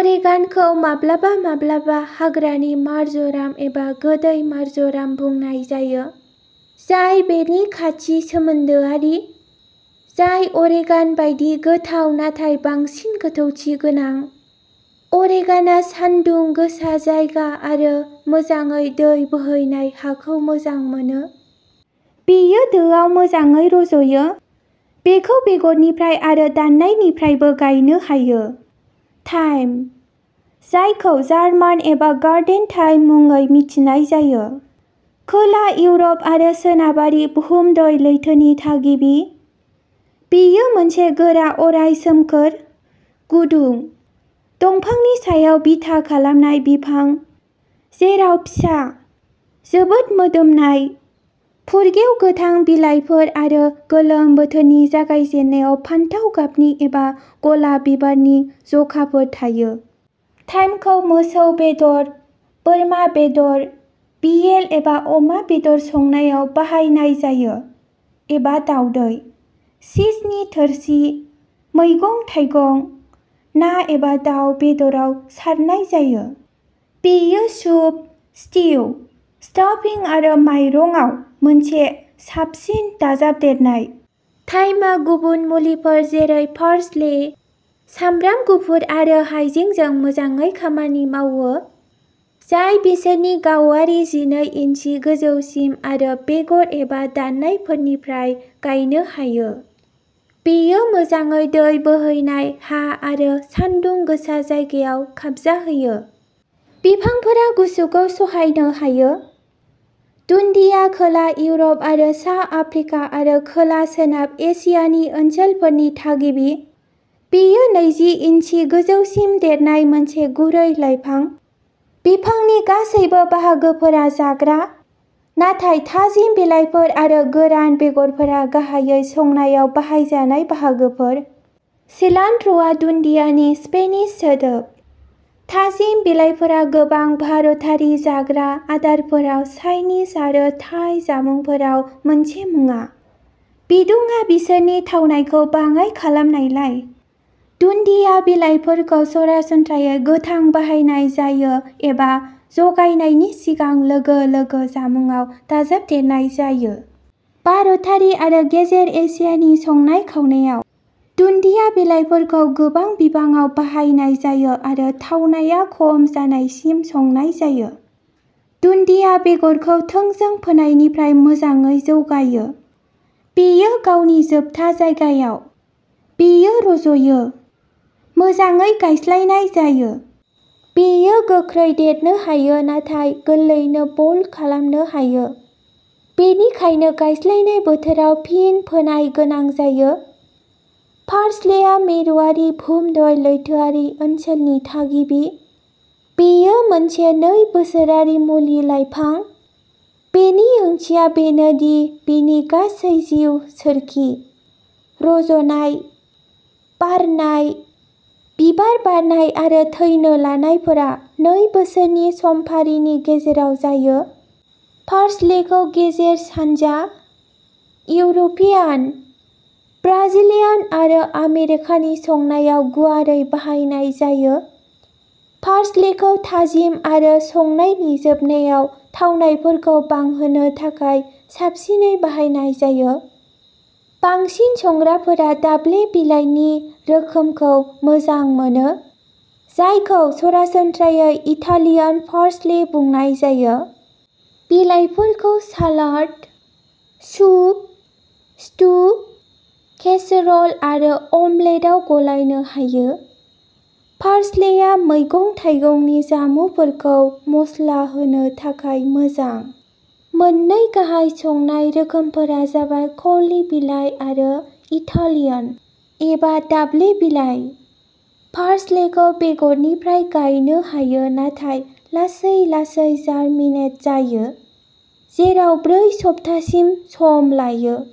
अरेगान'खौ माब्लाबा माब्लाबा हाग्रानि मार्जराम एबा गोदै मार्जराम बुंनाय जायो, जाय बेनि खाथि सोमोन्दोआरि, जाय अरेगान' बायदि गोथाव नाथाय बांसिन गोथौथि गोनां। अरेगान'आ सानदुं गोसा जायगा आरो मोजाङै दै बोहैनाय हाखौ मोजां मोनो। बेयो दोआव मोजाङै रज'यो। बेखौ बेगरनिफ्राय आरो दाननायनिफ्रायबो गायनो हायो। थाइम, जायखौ जार्मान एबा गार्डेन थाइम मुङै मिथिनाय जायो, खोला इउर'प आरो सोनाबारि भुमध्य लैथोनि थागिबि। बेयो मोनसे गोरा अराय सोमखोर, गुदु, दंफांनि सायाव बिथा खालामनाय बिफां, जेराव फिसा, जोबोद मोदोमनाय, फुरगेव गोथां बिलाइफोर आरो गोलोम बोथोरनि जागायजेन्नायाव फान्थाव गाबनि एबा गलाब बिबारनि जखाफोर थायो। थाइमखौ मोसौ बेदर, बोरमा बेदर, भियेल एबा अमा बेदर संनायाव बाहायनाय जायो, एबा दावदै, चीजनि थोरसि, मैगं थाइगं, ना एबा दाव बेदराव सारनाय जायो। बेयो सुप, स्टिउ, स्टफिं आरो माइरंआव मोनसे साबसिन दाजाबदेरनाय। थाइमआ गुबुन मुलिफोर जेरै पार्सले, सामब्राम गुफुर आरो हायजेंजों मोजाङै खामानि मावो, जाय बिसोरनि गावारि जिनै इन्सि गोजौसिम आरो बेगर एबा दाननायफोरनिफ्राय गायनो हायो। बेयो मोजाङै दै बोहैनाय हा आरो सानदुं गोसा जायगायाव खाबजाहोयो। बिफांफोरा गुसुखौ सहायनो हायो। दुन्दिया खोला इउरप आरो साहा आफ्रिका आरो खोला सोनाब एसियानि ओनसोलफोरनि थागिबि। बेयो नैजि इन्सि गोजौसिम देरनाय मोनसे गुरै लाइफां। बिफांनि गासैबो बाहागोफोरा जाग्रा, नाथाय थाजिम बिलाइफोर आरो गोरान बेगरफोरा गाहायै संनायाव बाहायजानाय बाहागोफोर। सिलान्ट्र'आ दुन्दियानि स्पेनिश सोदोब। थाजिम बिलाइफोरा गोबां भारतारि जाग्रा आदारफोराव चाइनिज आरो थाई जामुंफोराव मोनसे मुवा। बिदुंआ बिसोरनि थावनायखौ बाङाइ खालामनायलाय, दुन्दिया बिलाइफोरखौ सरासनस्रायै गोथां बाहायनाय जायो एबा जगायनायनि सिगां लोगो लोगो जामुंआव दाजाबदेरनाय जायो। भारतारि आरो गेजेर एसियानि संनाय खावनायाव, दुन्दिया बिलाइफोरखौ गोबां बिबाङाव बाहायनाय जायो आरो थावनाया खम जानायसिम संनाय जायो। दुन्दिया बेगरखौ थोंजों फोनायनिफ्राय मोजाङै जौगायो। बेयो गावनि जोबथा जायगायाव। बेयो रज'यो। मोजाङै गायस्लायनाय जायो। बेयो गोख्रै देरनो हायो नाथाय गोरलैयैनो बल्ट खालामनो हायो, बेनिखायनो गायस्लायनाय बोथोराव फिन फोनाय गोनां जायो। पार्सलेआ मिरुआरि भुमध्य लैथोआरि ओनसोलनि थागिबि। बेयो मोनसे नै बोसोरारि मुलि लाइफां। बेनि ओंथिया बेनो दि बिनि गासै जिउ सोरखि, रज'नाय, बारनाय, बिबार बारनाय आरो थैनो लानायफोरा नै बोसोरनि समफारिनि गेजेराव जायो। पार्सलेखौ गेजेर सानजा, इउर'पियान, ब्राजिलियान आरो आमेरिकानि संनायाव गुवारै बाहायनाय जायो। पार्सलेखौ थाजिम आरो संनायनि जोबनायाव थावनायफोरखौ बांहोनो थाखाय साबसिनै बाहायनाय जायो। बांसिन संग्राफोरा दाब्ले बिलाइनि रोखोमखौ मोजां मोनो, जायखौ सरासनस्रायै इटालियान पार्सले बुंनाय जायो। बिलाइफोरखौ सालाद, सुप, स्टु, केसर'ल आरो अमलेटआव गलायनो हायो। पार्सलेआ मैगं थाइगंनि जामुंफोरखौ मस्ला होनो थाखाय मोजां। मोननै गाहाय संनाय रोखोमफोरा जाबाय कर्ली बिलाइ आरो इटालियान, एबा दाब्ले बिलाइ। पार्सलेखौ बेगरनिफ्राय गायनो हायो नाथाय लासै लासै जारमिनेट जायो, जेराव ब्रै सप्तासिम सम लायो।